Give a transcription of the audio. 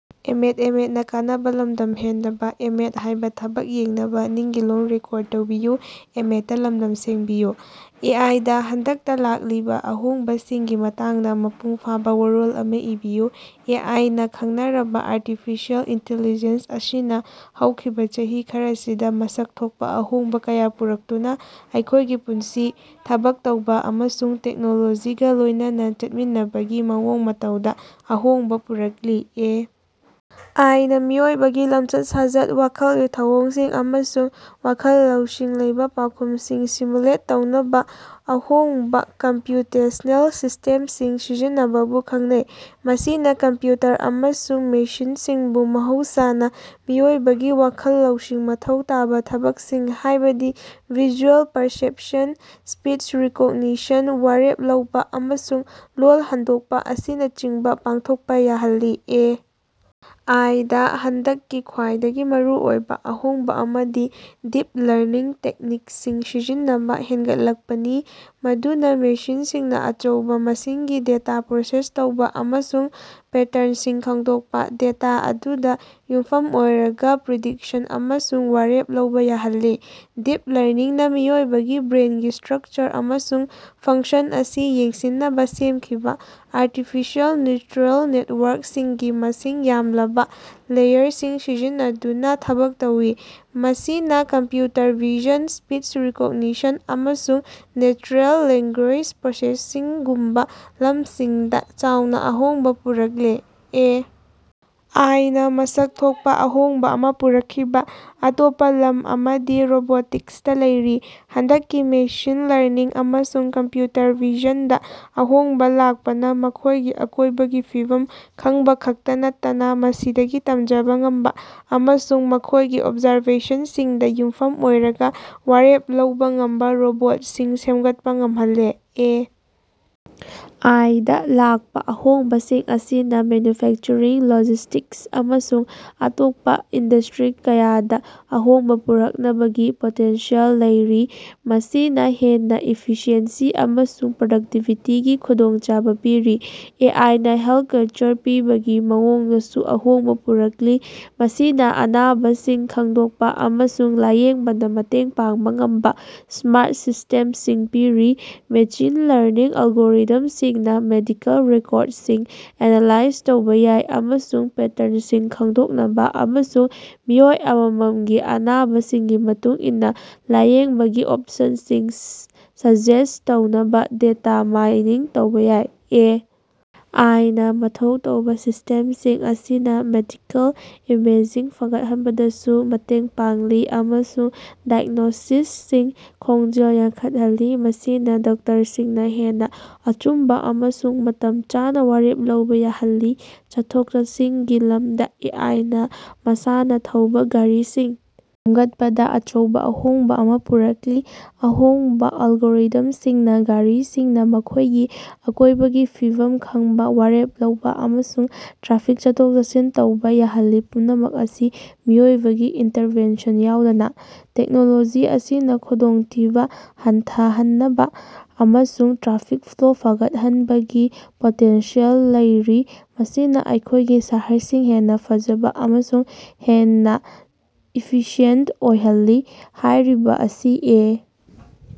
ꯑꯦ. I. ꯗꯥ ꯍꯟꯗꯛꯇ ꯂꯥꯛꯈꯤꯕ ꯑꯍꯣꯡꯕꯁꯤꯡꯒꯤ ꯃꯇꯥꯡꯗ ꯃꯄꯨꯡ ꯐꯥꯕ ꯋꯥꯔꯣꯜ ꯑꯃ ꯏꯕꯤꯌꯨ꯫ ꯑꯦ. ꯑꯥꯏ. ꯅꯥ ꯈꯪꯅꯔꯕ ꯑꯥꯔꯇꯤꯐꯤꯁꯤꯑꯦꯜ ꯏꯟꯇꯤꯂꯤꯖꯦꯟꯁ ꯑꯁꯤꯅ ꯍꯧꯈꯤꯕ ꯆꯍꯤ ꯈꯔꯁꯤꯗ ꯃꯁꯛ ꯊꯣꯛꯄ ꯑꯍꯣꯡꯕ ꯀꯌꯥ ꯄꯨꯔꯛꯇꯨꯅ ꯑꯩꯈꯣꯏꯒꯤ ꯄꯨꯟꯁꯤ, ꯊꯕꯛ ꯇꯧꯕ ꯑꯃꯁꯨꯡ ꯇꯦꯛꯅꯣꯂꯣꯖꯤꯒ ꯂꯣꯏꯅꯅ ꯆꯠꯃꯤꯟꯅꯕꯒꯤ ꯃꯑꯣꯡ ꯃꯇꯧꯗ ꯑꯍꯣꯡꯕ ꯄꯨꯔꯛꯂꯤ꯫ ꯑꯦ. ꯑꯥꯏ. ꯅꯥ ꯃꯤꯑꯣꯏꯕꯒꯤ ꯂꯝꯆꯠ-ꯁꯥꯖꯠ, ꯋꯥꯈꯜꯒꯤ ꯊꯧꯑꯣꯡꯁꯤꯡ ꯑꯃꯁꯨꯡ ꯋꯥꯈꯜ ꯂꯧꯁꯤꯡ ꯂꯩꯕꯥ ꯄꯥꯎꯈꯨꯝꯁꯤꯡ ꯁꯤꯃꯨꯂꯦꯠ ꯇꯧꯅꯕ ꯑꯍꯣꯡꯕ ꯀꯝꯄ꯭ꯌꯨꯇꯦꯁꯅꯦꯜ ꯁꯤꯁꯇꯦꯝꯁꯤꯡ ꯁꯤꯖꯤꯟꯅꯕꯕꯨ ꯈꯪꯅꯩ꯫ ꯃꯁꯤꯅ ꯀꯝꯄ꯭ꯌꯨꯇꯔ ꯑꯃꯁꯨꯡ ꯃꯦꯁꯤꯟꯁꯤꯡꯕꯨ ꯃꯍꯧꯁꯥꯅ ꯃꯤꯑꯣꯏꯕꯒꯤ ꯋꯥꯈꯜ ꯂꯧꯁꯤꯡ ꯃꯊꯧ ꯇꯥꯕ ꯊꯕꯛꯁꯤꯡ, ꯍꯥꯏꯕꯗꯤ ꯚꯤꯖꯨꯑꯦꯜ ꯄꯔꯁꯦꯄꯁꯟ, ꯁꯄꯤꯆ ꯔꯤꯀꯣꯒꯅꯤꯁꯟ, ꯋꯥꯔꯦꯞ ꯂꯧꯕ, ꯑꯃꯁꯨꯡ ꯂꯣꯜ ꯍꯟꯗꯣꯛꯄ ꯑꯁꯤꯅꯆꯤꯡꯕ ꯄꯥꯡꯊꯣꯛꯄ ꯌꯥꯍꯜꯂꯤ꯫ ꯑꯦ. ꯑꯥꯏ. ꯗꯥ ꯍꯟꯗꯛꯀꯤ ꯈ꯭ꯋꯥꯏꯗꯒꯤ ꯃꯔꯨꯑꯣꯏꯕ ꯑꯍꯣꯡꯕ ꯑꯃꯗꯤ ꯗꯤꯞ ꯂꯔꯅꯤꯡ ꯇꯦꯛꯅꯤꯛꯁꯤꯡ ꯁꯤꯖꯤꯟꯅꯕ ꯍꯦꯟꯒꯠꯂꯛꯄꯅꯤ ꯃꯗꯨꯅ ꯃꯦꯁꯤꯟꯁꯤꯡꯅ ꯑꯆꯧꯕ ꯃꯁꯤꯡꯒꯤ ꯗꯦꯇꯥ ꯄ꯭ꯔꯣꯁꯦꯁ ꯇꯧꯕ ꯑꯃꯁꯨꯡ ꯄꯦꯇꯔꯟꯁꯤꯡ ꯈꯪꯗꯣꯛꯄ, ꯗꯦꯇꯥ ꯑꯗꯨꯗ ꯌꯨꯝꯐꯝ ꯑꯣꯏꯔꯒ ꯄ꯭ꯔꯤꯗꯤꯛꯁꯟ ꯑꯃꯁꯨꯡ ꯋꯥꯔꯦꯞ ꯂꯧꯕ ꯌꯥꯍꯜꯂꯤ꯫ ꯗꯤꯞ ꯂꯔꯅꯤꯡꯅ ꯃꯤꯑꯣꯏꯕꯒꯤ ꯕ꯭ꯔꯦꯟꯒꯤ ꯁ꯭ꯇꯔꯛꯆꯔ ꯑꯃꯁꯨꯡ ꯐꯪꯛꯁꯟ ꯑꯁꯤ ꯌꯦꯡꯁꯤꯟꯅꯕ ꯁꯦꯝꯈꯤꯕ ꯑꯥꯔꯇꯤꯐꯤꯁꯤꯑꯦꯜ ꯅ꯭ꯌꯨꯔꯜ ꯅꯦꯇꯋꯥꯔꯛꯁꯤꯡꯒꯤ ꯃꯁꯤꯡ ꯌꯥꯝꯂꯕ ꯂꯦꯌꯔꯁꯤꯡ ꯁꯤꯖꯤꯟꯅꯗꯨꯅ ꯊꯕꯛ ꯇꯧꯏ꯫ ꯃꯁꯤꯅ ꯀꯝꯄ꯭ꯌꯨꯇꯔ ꯚꯤꯖꯟ, ꯁꯄꯤꯆ ꯔꯤꯀꯣꯒꯅꯤꯁꯟ, ꯑꯃꯁꯨꯡ ꯅꯦꯆꯔꯦꯜ ꯂꯦꯡꯒꯨꯌꯦꯖ ꯄ꯭ꯔꯣꯁꯦꯁꯤꯡꯒꯨꯝꯕ ꯂꯝꯁꯤꯡꯗ ꯆꯥꯎꯅ ꯑꯍꯣꯡꯕ ꯄꯨꯔꯛꯂꯦ꯫ ꯑꯦ. ꯑꯥꯏ. ꯅꯥ ꯃꯁꯛ ꯊꯣꯛꯄ ꯑꯍꯣꯡꯕ ꯑꯃ ꯄꯨꯔꯛꯈꯤꯕ ꯑꯇꯣꯞꯄ ꯂꯝ ꯑꯃꯗꯤ ꯔꯣꯕꯣꯇꯤꯛꯁꯇ ꯂꯩꯔꯤ꯫ ꯍꯟꯗꯛꯀꯤ ꯃꯦꯁꯤꯟ ꯂꯔꯅꯤꯡ ꯑꯃꯁꯨꯡ ꯀꯝꯄ꯭ꯌꯨꯇꯔ ꯚꯤꯖꯟꯗ ꯑꯍꯣꯡꯕ ꯂꯥꯛꯄꯅ ꯃꯈꯣꯏꯒꯤ ꯑꯀꯣꯏꯕꯒꯤ ꯐꯤꯕꯝ ꯈꯪꯕ ꯈꯛꯇ ꯅꯠꯇꯅ ꯃꯁꯤꯗꯒꯤ ꯇꯝꯖꯕ ꯉꯝꯕ ꯑꯃꯁꯨꯡ ꯃꯈꯣꯏꯒꯤ ꯑꯣꯕꯖꯥꯔꯕꯦꯁꯟꯁꯤꯡꯗ ꯌꯨꯝꯐꯝ ꯑꯣꯏꯔꯒ ꯋꯥꯔꯦꯞ ꯂꯧꯕ ꯉꯝꯕ ꯔꯣꯕꯣꯠꯁꯤꯡ ꯁꯦꯝꯒꯠꯄ ꯉꯝꯍꯜꯂꯦ꯫ ꯑꯦ. ꯑꯥꯏ. ꯗꯥ ꯂꯥꯛꯄ ꯑꯍꯣꯡꯕꯁꯤꯡ ꯑꯁꯤꯅ ꯃꯦꯟꯌꯨꯐꯦꯛꯆꯔꯤꯡ, ꯂꯣꯖꯤꯁꯇꯤꯛꯁ, ꯑꯃꯁꯨꯡ ꯑꯇꯣꯞꯄ ꯏꯟꯗꯁ꯭ꯇꯔꯤ ꯀꯌꯥꯗ ꯑꯍꯣꯡꯕ ꯄꯨꯔꯛꯅꯕꯒꯤ ꯄꯣꯇꯦꯟꯁꯤꯌꯦꯜ ꯂꯩꯔꯤ, ꯃꯁꯤꯅ ꯍꯦꯟꯅ ꯏꯐꯤꯁꯤꯑꯦꯟꯁꯤ ꯑꯃꯁꯨꯡ ꯄ꯭ꯔꯗꯛꯇꯤꯕꯤꯇꯤꯒꯤ ꯈꯨꯗꯣꯡꯆꯥꯕ ꯄꯤꯔꯤ꯫ ꯑꯦ. ꯑꯥꯏ. ꯅꯥ ꯍꯦꯜꯊꯀꯦꯌꯔ ꯄꯤꯕꯒꯤ ꯃꯑꯣꯡꯗꯁꯨ ꯑꯍꯣꯡꯕ ꯄꯨꯔꯛꯂꯤ, ꯃꯁꯤꯅ ꯑꯅꯥꯕꯁꯤꯡ ꯈꯪꯗꯣꯛꯄ ꯑꯃꯁꯨꯡ ꯂꯥꯌꯦꯡꯕꯗ ꯃꯇꯦꯡ ꯄꯥꯡꯕ ꯉꯝꯕ ꯁ꯭ꯃꯥꯔꯠ ꯁꯤꯁꯇꯦꯝꯁꯤꯡ ꯄꯤꯔꯤ꯫ ꯃꯦꯁꯤꯟ ꯂꯔꯅꯤꯡ ꯑꯦꯜꯒꯣꯔꯤꯊꯝꯁꯤꯡꯅꯥ ꯃꯦꯗꯤꯀꯦꯜ ꯔꯦꯀꯣꯔꯗꯁꯤꯡ ꯑꯦꯅꯥꯂꯥꯏꯖ ꯇꯧꯕ ꯌꯥꯏ ꯑꯃꯁꯨꯡ ꯄꯦꯇꯔꯟꯁꯤꯡ ꯈꯪꯗꯣꯛꯅꯕ ꯑꯃꯁꯨꯡ ꯃꯤꯑꯣꯏ ꯑꯃꯃꯃꯒꯤ ꯑꯅꯥꯕꯁꯤꯡꯒꯤ ꯃꯇꯨꯡ ꯏꯟꯅ ꯂꯥꯌꯦꯡꯕꯒꯤ ꯑꯣꯄꯁꯟꯁꯤꯡ ꯁꯖꯦꯁꯠ ꯇꯧꯅꯕ ꯗꯦꯇꯥ ꯃꯥꯏꯅꯤꯡ ꯇꯧꯕ ꯌꯥꯏ꯫ ꯑꯦ. ꯑꯥꯏ. ꯅꯥ ꯃꯊꯧ ꯇꯧꯕꯥ ꯁꯤꯁꯇꯦꯃꯁꯤꯡ ꯑꯁꯤꯅ ꯃꯦꯗꯤꯀꯦꯜ ꯏꯃꯦꯖꯤꯡ ꯐꯒꯠꯍꯟꯕꯗꯁꯨ ꯃꯇꯦꯡ ꯄꯥꯡꯂꯤ ꯑꯃꯁꯨꯡ ꯗꯥꯏꯒ꯭ꯅꯣꯁꯤꯁꯁꯤꯡ ꯈꯣꯡꯖꯦꯜ ꯌꯥꯡꯁꯤꯟꯍꯜꯂꯤ, ꯃꯁꯤꯅ ꯗꯣꯛꯇꯔꯁꯤꯡꯅ ꯍꯦꯟꯅ ꯑꯆꯨꯝꯕ ꯑꯃꯁꯨꯡ ꯃꯇꯝ ꯆꯥꯅ ꯋꯥꯔꯦꯞ ꯂꯧꯕ ꯌꯥꯍꯜꯂꯤ꯫ ꯆꯠꯊꯣꯛ-ꯆꯠꯁꯤꯟꯒꯤ ꯂꯝꯗ ꯑꯦ. ꯑꯥꯏ. ꯅꯥ ꯃꯁꯥꯅ ꯊꯧꯕ ꯒꯥꯔꯤꯁꯤꯡ ꯁꯦꯝꯒꯠꯄꯗ ꯑꯆꯧꯕ ꯑꯍꯣꯡꯕ ꯑꯃ ꯄꯨꯔꯛꯂꯤ꯫ ꯑꯍꯣꯡꯕ ꯑꯦꯜꯒꯣꯔꯤꯊꯝꯁꯤꯡꯅ ꯒꯥꯔꯤꯁꯤꯡꯅ ꯃꯈꯣꯏꯒꯤ ꯑꯀꯣꯏꯕꯒꯤ ꯐꯤꯕꯝ ꯈꯘꯕꯥ, ꯋꯥꯔꯦꯞ ꯂꯧꯕ ꯑꯃꯁꯨꯡ ꯇ꯭ꯔꯥꯐꯤꯛ ꯆꯠꯊꯣꯛ-ꯆꯠꯁꯤꯟ ꯇꯧꯕꯥ ꯌꯥꯍꯜꯂꯤ, ꯄꯨꯝꯅꯃꯛ ꯑꯁꯤ ꯃꯤꯑꯣꯏꯕꯒꯤ ꯏꯟꯇꯔꯚꯦꯟꯁꯟ ꯌꯥꯑꯣꯗꯅꯥ꯫ ꯇꯦꯛꯅꯣꯂꯣꯖꯤ ꯑꯁꯤꯅꯥ ꯈꯨꯗꯣꯡꯊꯤꯕꯥ ꯍꯟꯊꯍꯅꯕꯥ ꯑꯃꯁꯨꯡ ꯇ꯭ꯔꯥꯐꯤꯛ ꯐ꯭ꯂꯣ ꯐꯒꯠꯍꯟꯕꯒꯤ ꯄꯣꯇꯦꯟꯁꯤꯌꯦꯜ ꯂꯩꯔꯤ, ꯃꯁꯤꯅꯥ ꯑꯩꯈꯣꯏꯒꯤ ꯁꯍꯔꯁꯤꯡ ꯍꯦꯟꯅ ꯁꯥꯐꯕ ꯑꯃꯁꯨꯡ ꯍꯦꯟꯅ ꯏꯐꯤꯁꯤꯌꯦꯟꯇ ꯑꯣꯏꯍꯜꯂꯤ꯫ ꯍꯥꯏꯔꯤꯕꯥ ꯑꯁꯤ ꯑꯦ.